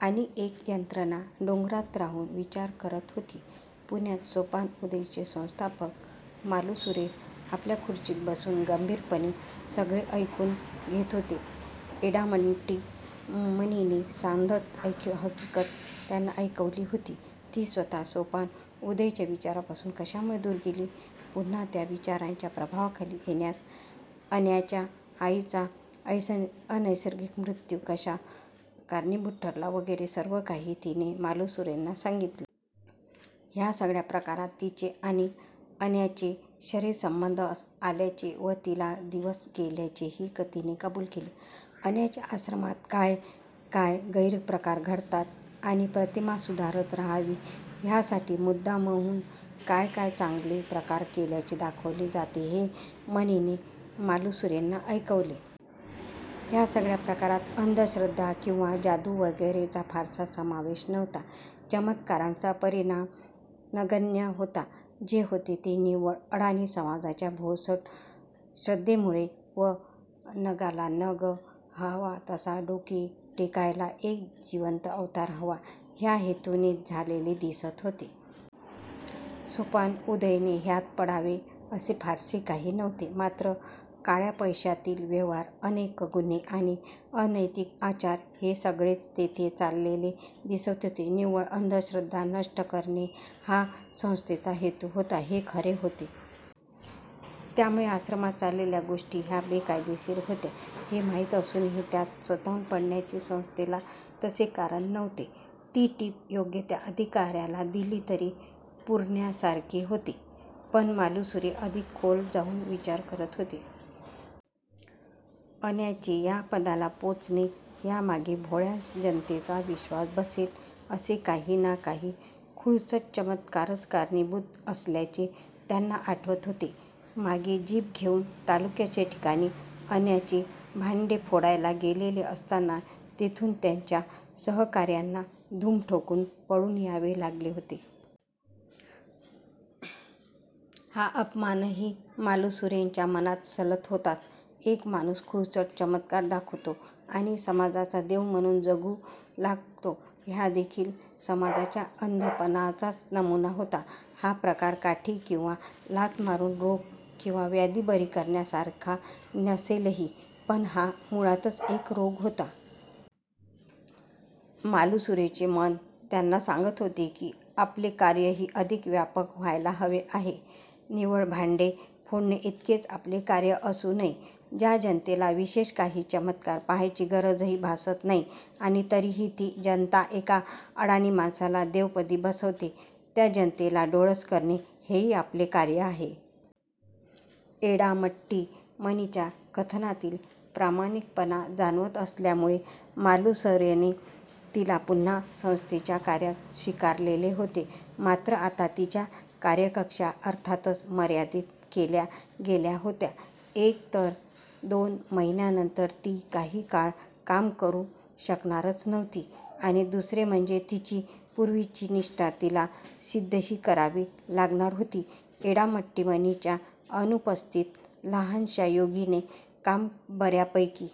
आणि एक यंत्रणा डोंगरात राहून विचार करत होती. पुण्यात सोपान उदयचे संस्थापक मालुसरे आपल्या खुर्चीत बसून गंभीरपणे सगळे ऐकून घेत होते. एडामट्टी मणीने साद्यंत हकीकत त्यांना ऐकवली होती. ती स्वतः सोपान उदयच्या विचारांपासून कशामुळे दूर गेली, पुन्हा त्या विचारांच्या प्रभावाखाली येण्यास अन्याच्या आईचा अनैसर्गिक मृत्यू कसा कारणीभूत ठरला वगैरे सर्व काही तिने मालुसरेंना सांगितले. ह्या सगळ्या प्रकारात तिचे आणि अन्याचे शरीरसंबंध आल्याचे व तिला दिवस गेल्याचेही तिने कबूल केले. अन्याच्या आश्रमात काय काय गैरप्रकार घडतात आणि प्रतिमा सुधारत राहावी ह्यासाठी मुद्दामहून काय काय चांगले प्रकार केल्याचे दाखवले जाते हे मणीने मालुसरेंना ऐकवले. ह्या सगळ्या प्रकारात अंधश्रद्धा किंवा जादू वगैरेचा फारसा समावेश नव्हता. चमत्कारांचा परिणाम नगण्य होता. जे होते ते निव्वळ अडाणी समाजाच्या भोळसट श्रद्धेमुळे व नगाला नग हवा तसा डोके टेकायला एक जिवंत अवतार हवा ह्या हेतूने झालेले दिसत होते. सोपान उदयने ह्यात पडावे असे फारसे काही नव्हते. मात्र काळ्या पैश्यातील व्यवहार, अनेक गुन्हे आणि अनैतिक आचार हे सगळेच तेथे चाललेले दिसत होते. निव्वळ अंधश्रद्धा नष्ट करणे हा संस्थेचा हेतू होता हे खरे होते. त्यामुळे आश्रमात चाललेल्या गोष्टी ह्या बेकायदेशीर होत्या हे माहीत असूनही त्यात स्वतःहून पडण्याचे संस्थेला तसे कारण नव्हते. ती टीप योग्य त्या अधिकाऱ्याला दिली तरी पुरण्यासारखे होते. पण मालुसरे अधिक खोल जाऊन विचार करत होते. अन्याचे ह्या पदाला पोचणे ह्यामागे भोळ्या जनतेचा विश्वास बसेल असे काही ना काही खुळचट चमत्कारच कारणीभूत असल्याचे त्यांना आठवत होते. मागे जीप घेऊन तालुक्याच्या ठिकाणी अन्याचे भांडे फोडायला गेलेले असताना तेथून त्यांच्या सहकाऱ्यांना धूम ठोकून पळून यावे लागले होते. हा अपमानही मालुसरेंच्या मनात सलत होताच. एक माणूस खुळचट चमत्कार दाखवतो आणि समाजाचा देव म्हणून जगू लागतो हादेखील समाजाच्या अंधपणाचाच नमुना होता. हा प्रकार काठी किंवा लाथ मारून रोग किंवा व्याधी बरी करण्यासारखा नसेलही, पण हा मुळातच एक रोग होता. मालुसरेंचे मन त्यांना सांगत होते की आपले कार्यही अधिक व्यापक व्हायला हवे आहे. निव्वळ भांडे फोडणे इतकेच आपले कार्य असू नये. ज्या जनतेला विशेष काही चमत्कार पाहायची गरजही भासत नाही आणि तरीही ती जनता एका अडाणी माणसाला देवपदी बसवते त्या जनतेला डोळस करणे हेही आपले कार्य आहे. एडामट्टी मणीच्या कथनातील प्रामाणिकपणा जाणवत असल्यामुळेच मालुसरेंनी तिला पुन्हा संस्थेच्या कार्यात स्वीकारलेले होते. मात्र आता तिच्या कार्यकक्षा अर्थातच मर्यादित केल्या गेल्या होत्या. एक तर दोन महिन्यांनंतर ती काही काळ काम करू शकणारच नव्हती आणि दुसरे म्हणजे तिची पूर्वीची निष्ठा तिला सिद्धही करावी लागणार होती. एडामट्टी मणीच्या अनुपस्थितीत लहानश्या युगीने काम बऱ्यापैकी